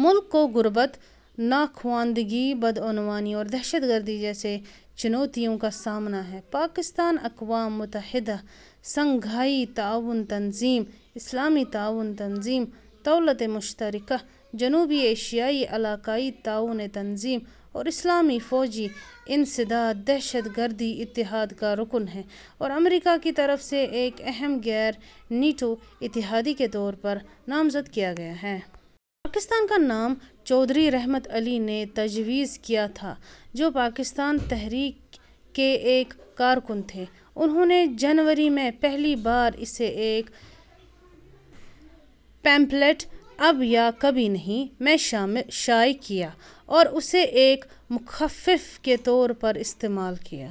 ملک کو غربت ، ناخواندگی ، بدعنوانی اور دہشت گردی جیسے چنوتیوں کا سامنا ہے۔ پاکستان اقوام متحدہ ، شنگھائی تعاون تنظیم ، اسلامی تعاون تنظیم ، دولت مشترکہ ، جنوبی ایشیائی علاقائی تعاون تنظیم اور اسلامی فوجی انسداد دہشت گردی اتحاد کا رکن ہے اور امریکا کی طرف سے ایک اہم غیر نیٹو اتحادی کے طور پر نامزد کیا گیا ہے۔ پاکستان کا نام چودھری رحمت علی نے تجویز کیا تھا، جو پاکستان تحریک کے ایک کارکن تھے۔ انھوں نے جنوری میں پہلی بار اسے ایک پمفلٹ " اب یا کبھی نہیں " میں شائع کیا اور اسے ایک مخفف کے طور پر استعمال کیا۔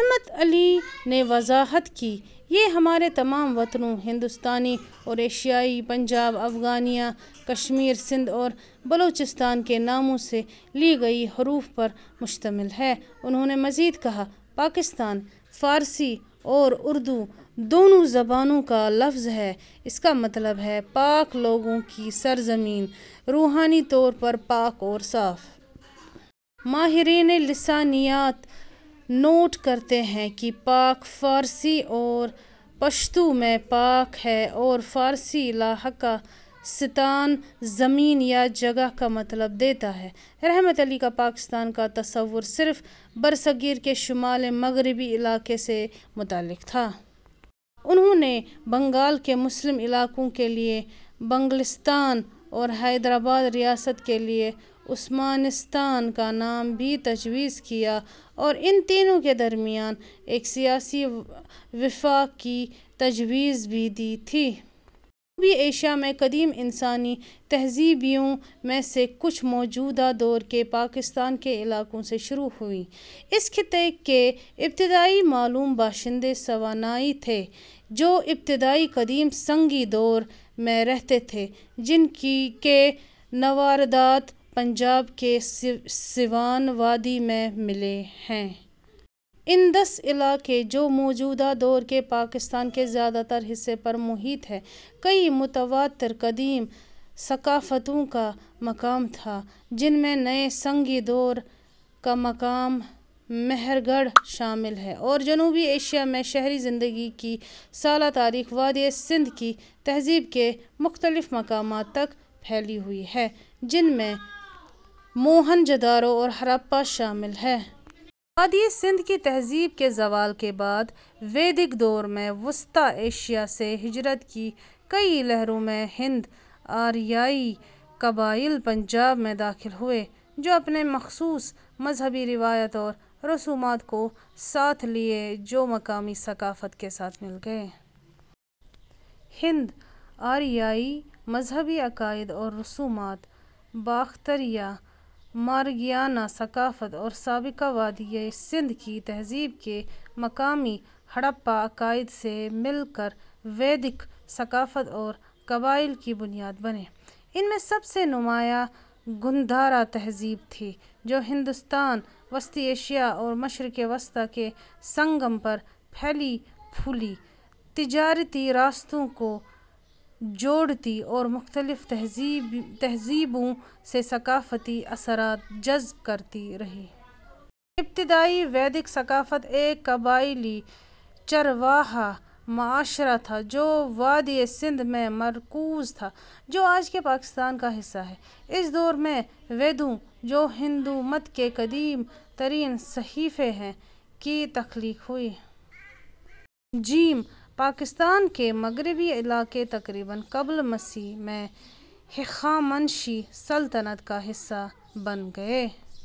رحمت علی نے وضاحت کی: "یہ ہمارے تمام وطنوں، ہندوستانی اور ایشیائی، پنجاب ، افغانیا ، کشمیر ، سندھ اور بلوچستان کے ناموں سے لی گئی حروف پر مشتمل ہے۔ " انھوں نے مزید کہا، "پاکستان فارسی اور اردو دونوں زبانوں کا لفظ ہے… اس کا مطلب ہے پاک لوگوں کی سرزمین، روحانی طور پر پاک اور صاف۔ " ماہرین لسانیات نوٹ کرتے ہیں کہ پاک فارسی اور پشتو میں 'پاک' ہے اور فارسی لاحقہ ـستان 'زمین' یا 'جگہ' کا مطلب دیتا ہے۔ رحمت علی کا پاکستان کا تصور صرف برصغیر کے شمال مغربی علاقے سے متعلق تھا۔ انھوں نے بنگال کے مسلم علاقوں کے لیے "بنگلستان" اور حیدرآباد ریاست کے لیے "عثمانستان" کا نام بھی تجویز کیا اور ان تینوں کے درمیان ایک سیاسی وفاق کی تجویز بھی دی تھی۔ جنوبی ایشیا میں قدیم انسانی تہذیبوں میں سے کچھ موجودہ دور کے پاکستان کے علاقوں سے شروع ہوئیں۔ اس خطے کے ابتدائی معلوم باشندے سوانی تھے جو ابتدائی قدیم سنگی دور میں رہتے تھے، جن کے نوادرات پنجاب کی سوان وادی میں ملے ہیں۔ انڈس علاقہ ، جو موجودہ دور کے پاکستان کے زیادہ تر حصے پر محیط ہے، کئیی متواتر قدیم ثقافتوں کا مقام تھا جن میں نیے سنگی دور کا مقام مہرگڑھ شامل ہے، اور جنوبی ایشیا میں شہری زندگی کی سالہ تاریخ وادی سندھ کی تہذیب کے مختلف مقامات تک پھیلی ہوئی ہے، جن میں موہنجو داڑو اور ہڑپہ شامل ہیں۔ وادی سندھ کی تہذیب کے زوال کے بعد، ویدک دور میں وسطی ایشیا سے ہجرت کی کئیی لہروں میں ہند-آریائی قبائل پنجاب میں داخل ہوئے، جو اپنے مخصوص مذہبی روایات اور رسومات کو ساتھ لائے جو مقامی ثقافت کے ساتھ مل گئیں۔ ہند-آریائی مذہبی عقائد اور رسومات، باختریا-مارگیانا ثقافت اور سابقہ وادی سندھ کی تہذیب کے مقامی ہڑپہ عقائد سے مل کر ویدک ثقافت اور قبائل کی بنیاد بنے۔ ان میں سب سے نمایاں گندھارا تہذیب تھی، جو ہندوستان، وسطی ایشیا اور مشرق وسطیٰ کے سنگم پر پھلی پھولی، تجارتی راستوں کو جوڑتی اور مختلف تہذیبوں سے ثقافتی اثرات جذب کرتی رہی۔ ابتدائی ویدک ثقافت ایک قبائلی، چرواہا معاشرہ تھا جو وادی سندھ میں مرکوز تھا، جو آج کے پاکستان کا حصہ ہے۔ اس دور میں ویدوں ، جو ہندو مت کے قدیم ترین صحیفے ہیں، کی تخلیق ہوئی۔ ج پاکستان کے مغربی علاقے تقریباً قبل مسیح میں ہخامنشی سلطنت کا حصہ بن گئے۔